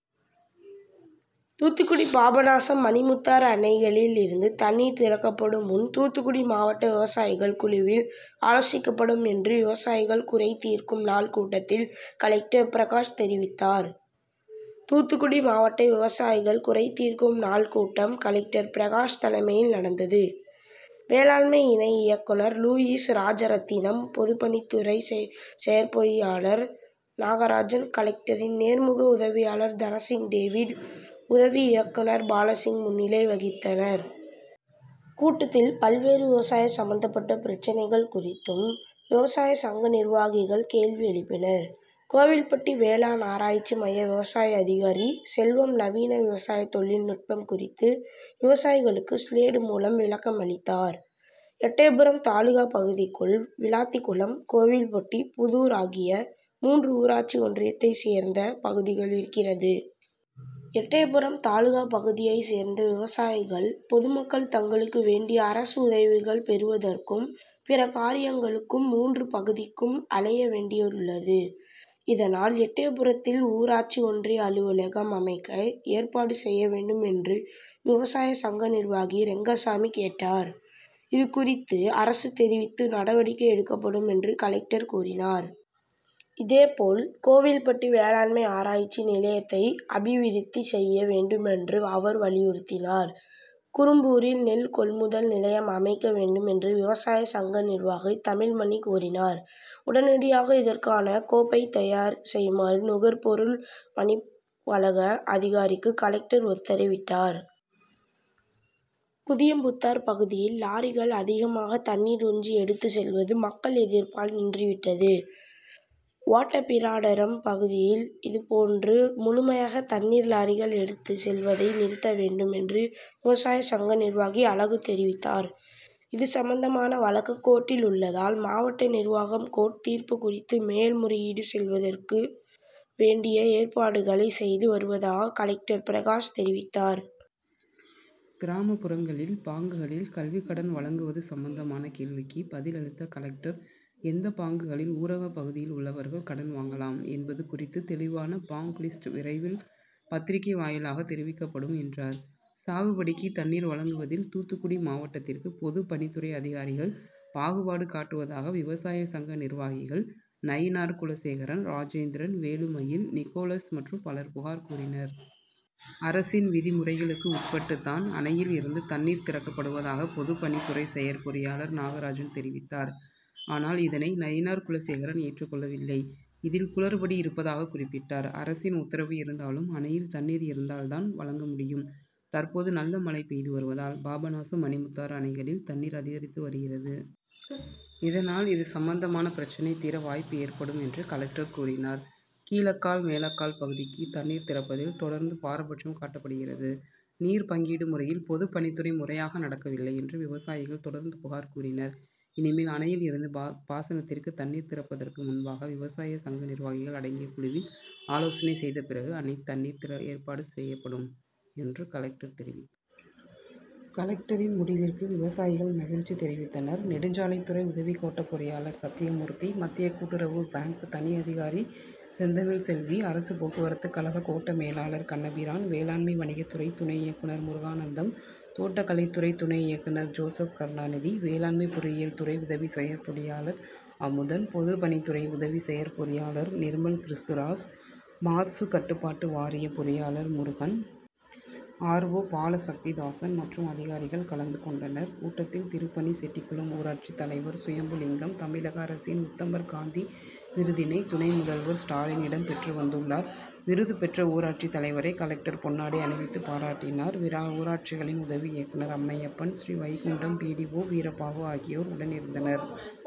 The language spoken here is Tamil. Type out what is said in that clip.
தூத்துக்குடி பாபநாசம், மணிமுத்தாறு அணைகளில் இருந்து தண்ணீர் திறக்கப்படும் முன் தூத்துக்குடி மாவட்ட விவசாயிகள் குழுவில் ஆலோசிக்கப்படும் என்று விவசாயிகள் குறைதீர்க்கும் நாள் கூட்டத்தில் கலெக்டர் பிரகாஷ் தெரிவித்தார். தூத்துக்குடி மாவட்ட விவசாயிகள் குறைதீர்க்கும் நாள் கூட்டம் கலெக்டர் பிரகாஷ் தலைமையில் நடந்தது. வேளாண்மை இணை இயக்குநர் லூயிஸ் ராஜரத்தினம், பொதுப்பணித்துறை செயற்பொறியாளர் நாகராஜன், கலெக்டரின் நேர்முக உதவியாளர் தனசிங் டேவிட், உதவி இயக்குநர் பாலசிங் முன்னிலை வகித்தனர். கூட்டத்தில் பல்வேறு விவசாய சம்பந்தப்பட்ட பிரச்னைகள் குறித்தும் விவசாய சங்க நிர்வாகிகள் கேள்வி எழுப்பினர். கோவில்பட்டி வேளாண் ஆராய்ச்சி மைய விவசாய அதிகாரி செல்வம் நவீன விவசாய தொழில் நுட்பம் குறித்து விவசாயிகளுக்கு சிலேடு மூலம் விளக்கம் அளித்தார். எட்டயபுரம் தாலுகா பகுதிக்குள் விளாத்திகுளம், கோவில்பட்டி, புதூர் ஆகிய மூன்று ஊராட்சி ஒன்றியத்தை சேர்ந்த பகுதிகள் இருக்கிறது. எட்டயபுரம் தாலுகா பகுதியை சேர்ந்த விவசாயிகள், பொதுமக்கள் தங்களுக்கு வேண்டிய அரசு உதவிகள் பெறுவதற்கும், பிற காரியங்களுக்கும் மூன்று பகுதிக்கும் அலைய வேண்டியுள்ளது. இதனால் எட்டயபுரத்தில் ஊராட்சி ஒன்றிய அலுவலகம் அமைக்க ஏற்பாடு செய்ய வேண்டும் என்று விவசாய சங்க நிர்வாகி ரெங்கசாமி கேட்டார். இது குறித்து அரசுக்கு தெரிவித்து நடவடிக்கை எடுக்கப்படும் என்று கலெக்டர் கூறினார். இதே போல் கோவில்பட்டி வேளாண்மை ஆரா ய்ச்சி நிலையத்தை அபிவிருத்தி செய்ய வேண்டும் என்றும் அவர் வலியுறுத்தினார். குரும்பூரில் நெல் கொள்முதல் நிலையம் அமைக்க வேண்டும் என்று விவசாய சங்க நிர்வாகி தமிழ்மணி கூறினார். உடனடியாக இதற்கான கோப் பை தயார் செய்யுமாறு நுகர்பொருள் வாணிபக்கழக அதிகாரிக்கு கலெக்டர் உத்தரவிட்டார். புதியம்புத்தார் பகுதியில் லாரிகளில் அதிகமாக தண்ணீர் உறிஞ்சு எடுத்து செல்வது மக்கள் எதிர்ப்பால் நின்று விட்டது. ஓட்டப்பிடாரம் பகுதியில் இதுபோன்று முழுமையாக தண்ணீர் லாரிகளில் எடுத்து செல்வதை நிறுத்த வேண்டும் என்று விவசாய சங்க நிர்வாகி அழகு தெரிவித்தார். இது சம்பந்தமான வழக்கு கோர்ட்டில் உள்ளதால், மாவட்ட நிர்வாகம் கோர்ட் தீர்ப்பு குறித்து மேல் முறையீடு செய்வதற்கு வேண்டிய ஏற்பாடுகளை செய்து வருவதாக கலெக்டர் பிரகாஷ் தெரிவித்தார். கிராமப்புறங்களில் பாங்குகளில் கல்வி கடன் வழங்குவது சம்பந்தமான கேள்விக்கு பதில் அளித்த கலெக்டர் எந்த பாங்குகளில் ஊரக பகுதியில் உள்ளவர்கள் கடன் வாங்கலாம் என்பது குறித்து தெளிவான பாங்க் லிஸ்ட் விரைவில் பத்திரிக்கை வாயிலாக தெரிவிக்கப்படும் என்றார். சாகுபடிக்கு தண்ணீர் வழங்குவதில் தூத்துக்குடி மாவட்டத்திற்கு பொதுப்பணித்துறை அதிகாரிகள் பாகுபாடு காட்டுவதாக விவசாய சங்க நிர்வாகிகள் நயினார்குலசேகரன், ராஜேந்திரன், வேலுமயில், நிக்கோலஸ் மற்றும் பலர் புகார் கூறினர். அரசின் விதிமுறைகளுக்கு உட்பட்டு தான் அணையில் இருந்து தண்ணீர் திறக்கப்படுவதாக பொதுப்பணித்துறை செயற்பொறியாளர் நாகராஜன் தெரிவித்தார். ஆனால் இதனை நயினார்குலசேகரன் ஏற்றுக் கொள்ளவில்லை. இதில் குளறுபடி இருப்பதாக குறிப்பிட்டார். அரசின் உத்தரவு இருந்தாலும் அணையில் தண்ணீர் இருந்தால் தான் வழங்க முடியும். தற்போது நல்ல மழை பெய்து வருவதால் பாபநாசம், மணிமுத்தாறு அணைகளில் தண்ணீர் அதிகரித்து வருகிறது. இதனால் இது சம்பந்தமான பிரச்னை தீர வாய்ப்பு ஏற்படும் என்று கலெக்டர் கூறினார். கீழக்கால், மேலக்கால் பகுதிக்கு தண்ணீர் திறப்பதில் தொடர்ந்து பாரபட்சம் காட்டப்படுகிறது. நீர் பங்கீடு முறையில் பொதுப்பணித்துறை முறையாக நடக்கவில்லை என்று விவசாயிகள் தொடர்ந்து புகார் கூறினர். இனிமேல் அணையில் இருந்து பாசனத்திற்கு தண்ணீர் திறப்பதற்கு முன்பாக விவசாய சங்க நிர்வாகிகள் அடங்கிய குழுவில் ஆலோசனை செய்த பிறகு அணைத் தண்ணீர் திறக்க ஏற்பாடு செய்யப்படும் என்று கலெக்டர் தெரிவித் கலெக்டரின் முடிவிற்கு விவசாயிகள் மகிழ்ச்சி தெரிவித்தனர். நெடுஞ்சாலைத்துறை உதவி கோட்ட பொறியாளர் சத்தியமூர்த்தி, மத்திய கூட்டுறவு பாங்க் தனி அதிகாரி செந்தமிழ்செல்வி, அரசு போக்குவரத்துகழக கோட்ட மேலாளர் கண்ணபிரான், வேளாண்மை வணிகத்துறை துணை இயக்குநர் முருகானந்தம், தோட்டக்கலைத்துறை துணை இயக்குநர் ஜோசப்கருணாநிதி, வேளாண்மை பொறியியல் துறை உதவி செயற்பொறியாளர் அமுதன், பொதுப்பணித்துறை உதவி செயற்பொறியாளர் நிர்மல்கிறிஸ்துதாஸ், மாசுகட்டுப்பாடு வாரிய பொறியாளர் முருகன் ஆர். ஓ பாலசக்திதாசன் மற்றும் அதிகாரிகள் கலந்து கொண்டனர். கூட்டத்தில் திருப்பணிச்செட்டிகுளம் ஊராட்சி தலைவர் சுயம்புலிங்கம் தமிழக அரசின் உத்தமர் காந்தி விருதினை துணை முதல்வர் ஸ்டாலினிடம் பெற்று வந்துள்ளார். விருது பெற்ற ஊராட்சி தலைவரை கலெக்டர் பொன்னாடை அணிவித்து பாராட்டினார். ஊராட்சிகளின் உதவி இயக்குநர் Ammaiyappan, Srivaikuntam B. D. O Veerabahu ஆகியோர் உடனிருந்தனர்.